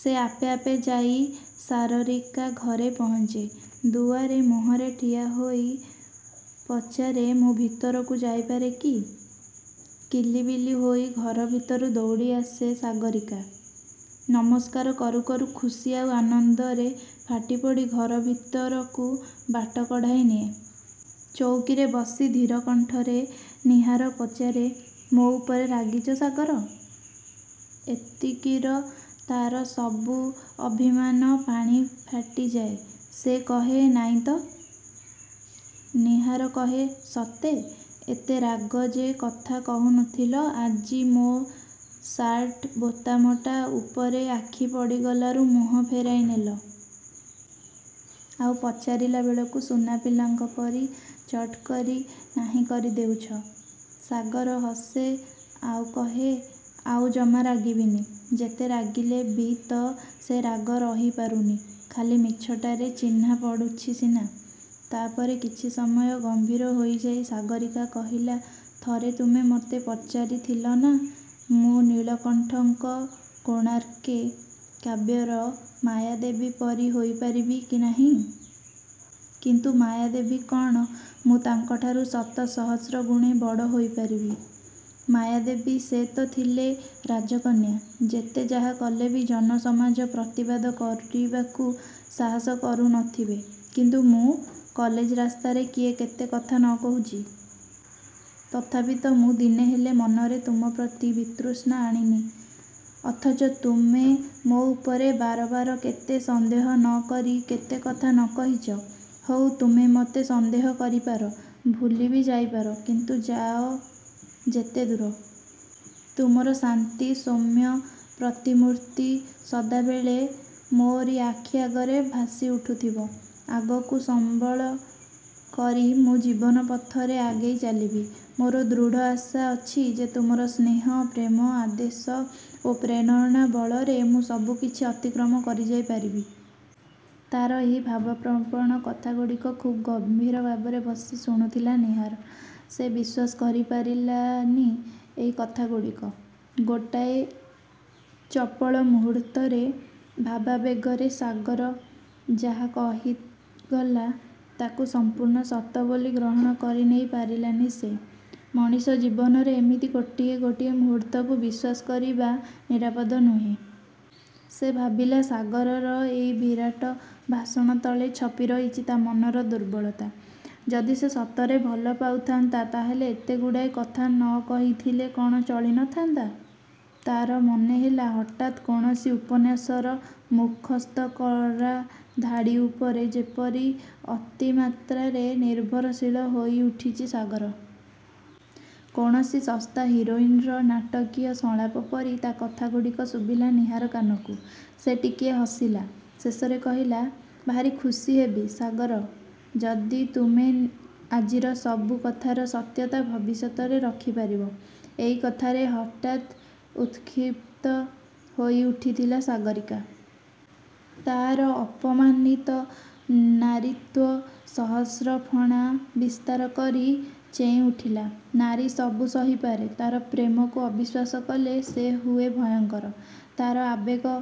ସେ ଆପେ ଆପେ ଯାଇ ସାଗରୀକା ଘରେ ପହଞ୍ଚେ। ଦୁଆର ମୁହଁରେ ଠିଆହୋଇ ପଚାରେ-''ମୁଁ ଭିତରକୁ ଯାଇପାରେ କି? '' କିଲିବିଲି ହୋଇ ଘର ଭିତରୁ ଦୌଡ଼ି ଆସେ ସାଗରୀକା। ନମସ୍କାର କରୁ କରୁ ଖୁସି ଆଉ ଆନନ୍ଦରେ ଫାଟିପଡ଼ି ଘର ଭିତରକୁ ବାଟ କଢ଼ାଇ ନିଏ। ଚଉକିରେ ବସି ଧୀର କଣ୍ଠରେ ନୀହାର ପଚାରେ-''ମୋ ଉପରେ ରାଗିଛ ସାଗର। '' ଏତିକିର ତା'ର ସବୁ ଅଭିମାନ ପାଣି ଫାଟିଯାଏ। ସେ କହେ-''ନାଇଁ ତ? '' ନୀହାର କହେ-''ସତେ? ଏତେ ରାଗ ଯେ କଥା କହୁନଥିଲ। ଆଜି ମୋ ସାର୍ଟ ବୋତାମଟା ଉପରେ ଆଖି ପଡ଼ିଗଲାରୁ ମୁହଁ ଫେରାଇ ନେଲ। ଆଉ ପଚାରିଲା ବେଳକୁ ସୁନା ପିଲାଙ୍କ ପରି ଚଟ୍କରି ନାହିଁ କରିଦେଉଛ। '' ସାଗର ହସେ; ଆଉ କହେ-''ଆଉ ଜମା ରାଗିବିନି। '' ଯେତେ ରାଗିଲେ ବି ତ ସେ ରାଗ ରଖିପାରୁନି-ଖାଲି ମିଛଟାରେ ଚିହ୍ନା ପଡ଼ୁଛି ସିନା! ତା'ପରେ କିଛି ସମୟ ଗମ୍ଭୀର ହୋଇଯାଇ ସାଗରୀକା କହିଲା-ଥରେ ତୁମେ ମୋତେ ପଚାରିଥିଲନା; ମୁଁ ନୀଳକଣ୍ଠଙ୍କ 'କୋଣାର୍କେ' କାବ୍ୟର ମାୟାଦେବୀ ପରି ହୋଇପାରିବି କି ନାହିଁ? କିନ୍ତୁ ମାୟାଦେବୀ କ'ଣ, ମୁଁ ତାଙ୍କଠାରୁ ଶତ ସହସ୍ର ଗୁଣେ ବଡ଼ ହୋଇପାରିବି। ମାୟାଦେବୀ; ସେ ତ ଥିଲେ ରାଜକନ୍ୟା। ଯେତେ ଯାହା କଲେ ବି ଜନ ସମାଜ ପ୍ରତିବାଦ କରିବାକୁ ସାହସ କରୁନଥିବେ। କିନ୍ତୁ ମୁଁ? କଲେଜ ରାସ୍ତାରେ କିଏ କେତେ କଥା ନ କହୁଛି। ତଥାପି ତ ମୁଁ ଦିନେ ହେଲେ ମନରେ ତୁମପ୍ରତି ବିତୃଷ୍ଣା ଆଣିନି। ଅଥଚ ତୁମେ ମୋ ଉପରେ ବାରବାର କେତେ ସନ୍ଦେହ ନ କରି, କେତେ କଥା ନ କହିଛ। ହଉ ତୁମେ ମୋତେ ସନ୍ଦେହ କରିପାର। ଭୁଲି ବି ଯାଇପାର। କିନ୍ତୁ ଯାଅ ଯେତେଦୂର। ତୁମର ଶାନ୍ତ ସୌମ୍ୟ ପ୍ରତିମୂର୍ତ୍ତି ସଦାବେଳେ ମୋରି ଆଖି ଆଗରେ ଭାସି ଉଠୁଥିବ। ତାକୁଇ ସମ୍ବଳ କରି ମୁଁ ଜୀବନ ପଥରେ ଆଗେଇ ଚାଲିବି। ମୋର ଦୃଢ଼ ଆଶା ଅଛି ଯେ ତୁମର ସ୍ନେହ, ପ୍ରେମ, ଆଦେଶ ଓ ପ୍ରେରଣା ବଳରେ ମୁଁ ସବୁ କିଛି ଅତିକ୍ରମ କରିଯାଇପାରିବି। ତା'ର ଏହି ଭାବ ପ୍ରବଣ କଥାଗୁଡ଼ାକ ଖୁବ୍ ଗମ୍ଭୀର ଭାବରେ ବସି ଶୁଣୁଥିଲା ନୀହାର। ସେ ବିଶ୍ୱାସ କରିପାରିଲାନି ଏଇ କଥାଗୁଡ଼ାକ। ଗୋଟାଏ ଚପଳ ମୂହୂର୍ତ୍ତର ଭାବାବେଗରେ ସାଗର ଯାହା କହିଗଲା ତାକୁ ସମ୍ପୂର୍ଣ୍ଣ ସତ ବୋଲି ଗ୍ରହଣ କରିନେଇ ପାରିଲାନି ସେ। ମଣିଷ ଜୀବନରେ ଏମିତି ଗୋଟିଏ ଗୋଟିଏ ମୁହୂର୍ତ୍ତକୁ ବିଶ୍ୱାସ କରିବା ନିରାପଦ ନୁହେଁ। ସେ ଭାବିଲା ସାଗରର ଏଇ ବିରାଟ ଭାଷଣ ତଳେ ଛପି ରହିଛି ତା' ମନର ଦୁର୍ବଳତା। ଯଦି ସେ ସତରେ ଭଲ ପାଉଥାନ୍ତା ତା'ହେଲେ ଏତେଗୁଡ଼ାଏ କଥା ନ କହିଥିଲେ କ'ଣ ଚଳିନଥାନ୍ତା? ତା'ର ମନେହେଲା ହଠାତ୍ କୌଣସି ଉପନ୍ୟାସର ମୁଖସ୍ଥକରା ଧାଡ଼ି ଉପରେ ଯେପରି ଅତିମାତ୍ରାରେ ନିର୍ଭରଶୀଳ ହୋଇଉଠିଛି ସାଗର। କୌଣସି ଶସ୍ତା ହିରୋଇନ୍ର ନାଟକୀୟ ସଂଳାପ ପରି ତା' କଥାଗୁଡ଼ାକ ଶୁଭିଲା ନୀହାର କାନକୁ। ସେ ଟିକିଏ ହସିଲା। ଶେଷରେ କହିଲା-''ଭାରୀ ଖୁସି ହେବି-ସାଗର; ଯଦି ତୁମେ ଆଜିର ସବୁ କଥାର ସତ୍ୟତା ଭବିଷ୍ୟତରେ ରଖିପାରିବ। '' ଏଇ କଥାରେ ହଠାତ୍ ଉତ୍କ୍ଷିପ୍ତ ହୋଇଉଠିଥିଲା ସାଗରୀକା। ତା'ର ଅପମାନିତ ନାରୀତ୍ୱ ସହସ୍ର-ଫଣା ବିସ୍ତାର କରି ଚେଇଁ ଉଠିଲା। ନାରୀ ସବୁ ସହିପାରେ-ତା'ର ପ୍ରେମକୁ ଅବିଶ୍ୱାସ କଲେ ସେ ହୁଏ ଭୟଙ୍କର। ତା'ର ଆବେଗ